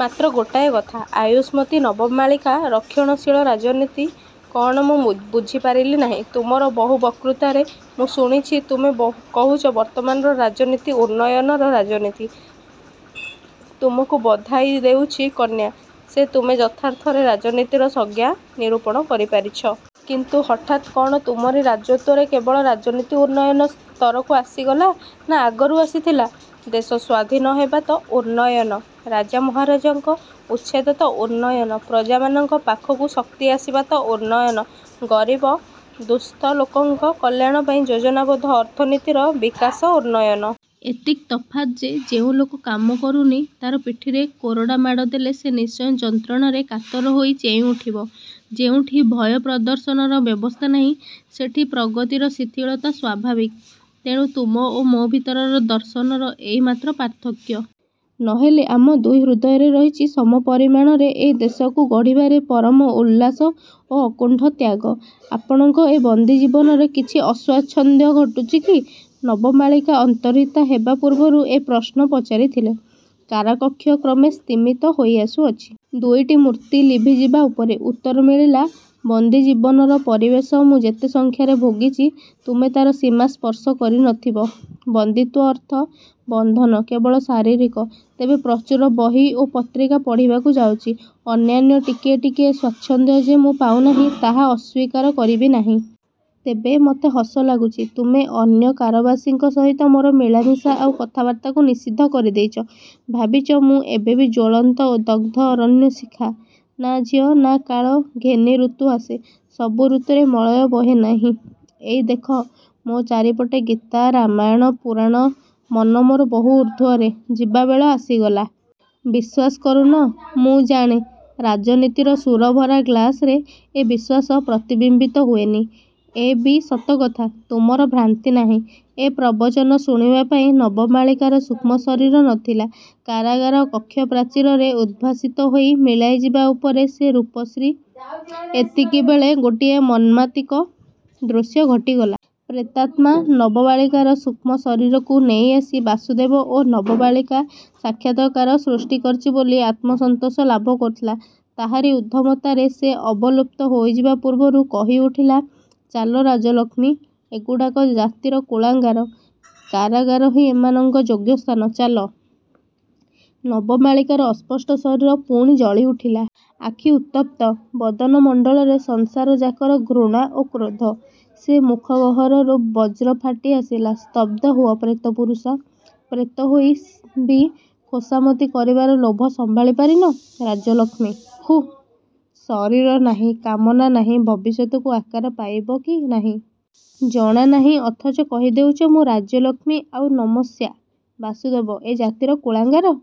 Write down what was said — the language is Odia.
ମାତ୍ର ଗୋଟାଏ କଥା, ଆୟୁଷ୍ମତୀ ନବମାଳିକା, ରକ୍ଷଣଶୀଳ ରାଜନୀତି କଅଣ ମୁଁ ବୁଝିପାରିଲି ନାହିଁ। ତୁମର ବହୁ ବକ୍ତୃତାରେ ମୁଁ ଶୁଣିଛି ତୁମେ କହୁଛ ବର୍ତ୍ତମାନର ରାଜନୀତି ଉନ୍ନୟନର ରାଜନୀତି। ତୁମକୁ ବଧାଇ ଦେଉଛି, କନ୍ୟା, ସେ ତୁମେ ଯଥାର୍ଥରେ ରାଜନୀତିର ସଂଜ୍ଞା ନିରୂପଣ କରିପାରିଛ। କିନ୍ତୁ ହଠାତ୍ କଅଣ ତୁମରି ରାଜତ୍ଵରେ କେବଳ ରାଜନୀତି ଉନ୍ନୟନ ସ୍ତରକୁ ଆସିଗଲା ନା ଆଗରୁ ଆସିଥିଲା? ଦେଶ ସ୍ଵାଧୀନ ହେବା ତ ଉନ୍ନୟନ, ରାଜା ମହାରାଜାଙ୍କ ଉଚ୍ଛେଦ ତ ଉନ୍ନୟନ, ପ୍ରଜାମାନଙ୍କ ପାଖକୁ ଶକ୍ତି ଆସିବା ତ ଉନ୍ନୟନ, ଗରିବ ଦୁସ୍ଥ ଲୋକଙ୍କ କଲ୍ୟାଣ ପାଇଁ ଯୋଜନାବଦ୍ଧ ଅର୍ଥନୀତିର ବିକାଶ ଉନ୍ନୟନ!! ଏତିକି ତଫାତ୍ ଯେ, ଯେଉଁ ଲୋକ କାମ କରୁନି, ତାର ପିଠିରେ କୋରଡ଼ାମାଡ଼ ଦେଲେ ସେ ନିଶ୍ଚୟ ଯନ୍ତ୍ରଣାରେ କାତର ହୋଇ ଚେଇଁ ଉଠିବ। ଯେଉଁଠି ଭୟପ୍ରଦର୍ଶନର ବ୍ୟବସ୍ଥା ନାହିଁ ସେଠି ପ୍ରଗତିର ଶିଥିଳତା ସ୍ୱାଭାବିକ; ତେଣୁ ତୁମ ଓ ମୋ ଭିତରର ଦର୍ଶନର ଏଇ ମାତ୍ର ପାର୍ଥକ୍ୟ। ନ ହେଲେ ଆମ ଦୁଇ ହୃଦୟରେ ରହିଛି ସମପରିମାଣରେ ଏ ଦେଶକୁ ଗଢ଼ିବାରେ ପରମ ଉଲ୍ଲାସ ଓ ଅକୁଣ୍ଠ ତ୍ୟାଗ। -ଆପଣଙ୍କ ଏ ବନ୍ଦୀ ଜୀବନରେ କିଛି ଅସ୍ୱାଚ୍ଛନ୍ଦ୍ୟ ଘଟୁଛି କି? ନବମାଳିକା ଅନ୍ତର୍ହିତା ହେବା ପୂର୍ବରୁ ଏ ପ୍ରଶ୍ନ ପଚାରିଥିଲେ। କାରାକକ୍ଷ କ୍ରମେ ସ୍ତିମିତ ହୋଇଆସୁଛି। ଦୁଇଟି ମୂର୍ତ୍ତି ଲିଭି ଯିବା ଉପରେ। ଉତ୍ତର ମିଳିଲା-ବନ୍ଦୀ ଜୀବନର ପରିବେଶ ମୁଁ ଯେତେ ସଂଖ୍ୟାରେ ଭୋଗିଛି, ତୁମେ ତାର ସୀମା ସ୍ପର୍ଶ କରିନଥିବ। ବନ୍ଦୀତ୍ଵ ଅର୍ଥ ବନ୍ଧନ କେବଳ ଶାରୀରିକ। ତେବେ ପ୍ରଚୁର ବହି ଓ ପତ୍ରିକା ପଢ଼ିବାକୁ ପାଉଛି। ଅନ୍ୟାନ୍ୟ ଟିକିଏ ଟିକିଏ ସ୍ଵାଚ୍ଛନ୍ଦ୍ୟ ଯେ ମୁଁ ପାଉନାହିଁ, ତାହା ଅସ୍ୱୀକାର କରିବି ନାହିଁ। ତେବେ ମତେ ହସ ଲାଗୁଛି, ତୁମେ ଅନ୍ୟ କାରାବାସୀଙ୍କ ସହିତ ମୋର ମିଳାମିଶା ଆଉ କଥାବାର୍ତ୍ତାକୁ ନିଷିଦ୍ଧ କରିଦେଇଛ। ଭାବିଛ ମୁଁ ଏବେବି ଜ୍ଵଳନ୍ତ ଦଗ୍ଧ ଅରଣ୍ୟ ଶିଖା-? ନା, ଝିଅ, ନା-କାଳ ଘେନି ୠତୁ ଆସେ। ସବୁ ଋତୁରେ ମଳୟ ବହେ ନାହିଁ। ଏଇ ଦେଖ, ମୋ ଚାରିପଟେ ଗୀତା ରାମାୟଣ, ପୁରାଣ; ମନ ମୋର ବହୁ ଉର୍ଦ୍ଧ୍ଵରେ… ଯିବାବେଳ ଆସିଗଲା। ବିଶ୍ୱାସ କରୁନ ମୁଁ ଜାଣେ। ରାଜନୀତିର ସୁରାଭରା ଗ୍ଳାସରେ ଏ ବିଶ୍ୱାସ ପ୍ରତିବିମ୍ବିତ ହୁଏନି, ଏ ବି ସତକଥା। ତୁମର ଭ୍ରାନ୍ତି ନାହିଁ-। ଏ ପ୍ରବଚନ ଶୁଣିବା ପାଇଁ ନବମାଳିକାର ସୂକ୍ଷ୍ମ ଶରୀର ନଥିଲା। କାରାଗାର କକ୍ଷ ପ୍ରାଚୀରରେ ଉଦ୍ଭାସିତ ହୋଇ ମିଳାଇଯିବା ଉପରେ ସେ ରୂପଶ୍ରୀ… ଏତିକିବେଳେ ଗୋଟାଏ ମର୍ମାନ୍ତିକ ଦୃଶ୍ୟ ଘଟିଗଲା। ପ୍ରେତାତ୍ମା ନବମାଳିକାର ସୂକ୍ଷ୍ମ ଶରୀରକୁ ନେଇଆସି ବାସୁଦେବ ଓ ନବମାଳିକା ସାକ୍ଷାତକାର, ସୃଷ୍ଟି କରିଛି ବୋଲି ଆତ୍ମସନ୍ତୋଷ ଲାଭ କରୁଥିଲା। ତାହାରି ଉଦ୍ଦାମତାରେ ସେ ଅବଲୁପ୍ତ ହୋଇଯିବା ପୂର୍ବରୁ କହି ଉଠିଲା-ଚାଲ ରାଜ୍ୟଲକ୍ଷ୍ମୀ, ଏଗୁଡ଼ାକ ଜାତିର କୁଳାଙ୍ଗାର, କାରଗାରହିଁ ଏମାନଙ୍କର ଯୋଗ୍ୟ ସ୍ଥାନ, ଚାଲ–। ନବମାଳିକାର ଅସ୍ପଷ୍ଟ ଶରୀର ପୁଣି ଜଳି ଉଠିଲା। ଆଖି ଉତ୍ତପ୍ତ। ବଦନ ମଣ୍ଡଳରେ ସଂସାର ଯାକର ଘୃଣା ଓ କ୍ରୋଧ। ସେ ମୁଖ ଗହରରୁ ବଜ୍ର ଫାଟି ଆସିଲା– 'ସ୍ତବଧ ହୁଅ ପ୍ରେତପୁରୁଷ। ପ୍ରେତ ହୋଇ ବି ଖୋସାମତି କରିବାର ଲୋଭ ସମ୍ଭାଳି ପାରିନ? ରାଜ୍ୟଲକ୍ଷ୍ମୀ? ହୁଃ-ଶରୀର ନାହିଁ, କାମନା ନାହିଁ, ଭବିଷ୍ୟତକୁ ଆକାର ପାଇବ କି ନାହିଁ। ଜଣାନାହିଁ, ଅଥଚ କହିଦେଉଛ ମୁଁ ରାଜ୍ୟଲକ୍ଷ୍ମୀ ଆଉ ନମସ୍ୟା। ବାସୁଦେବ ଏ ଜାତିର କୁଳାଙ୍ଗାର-?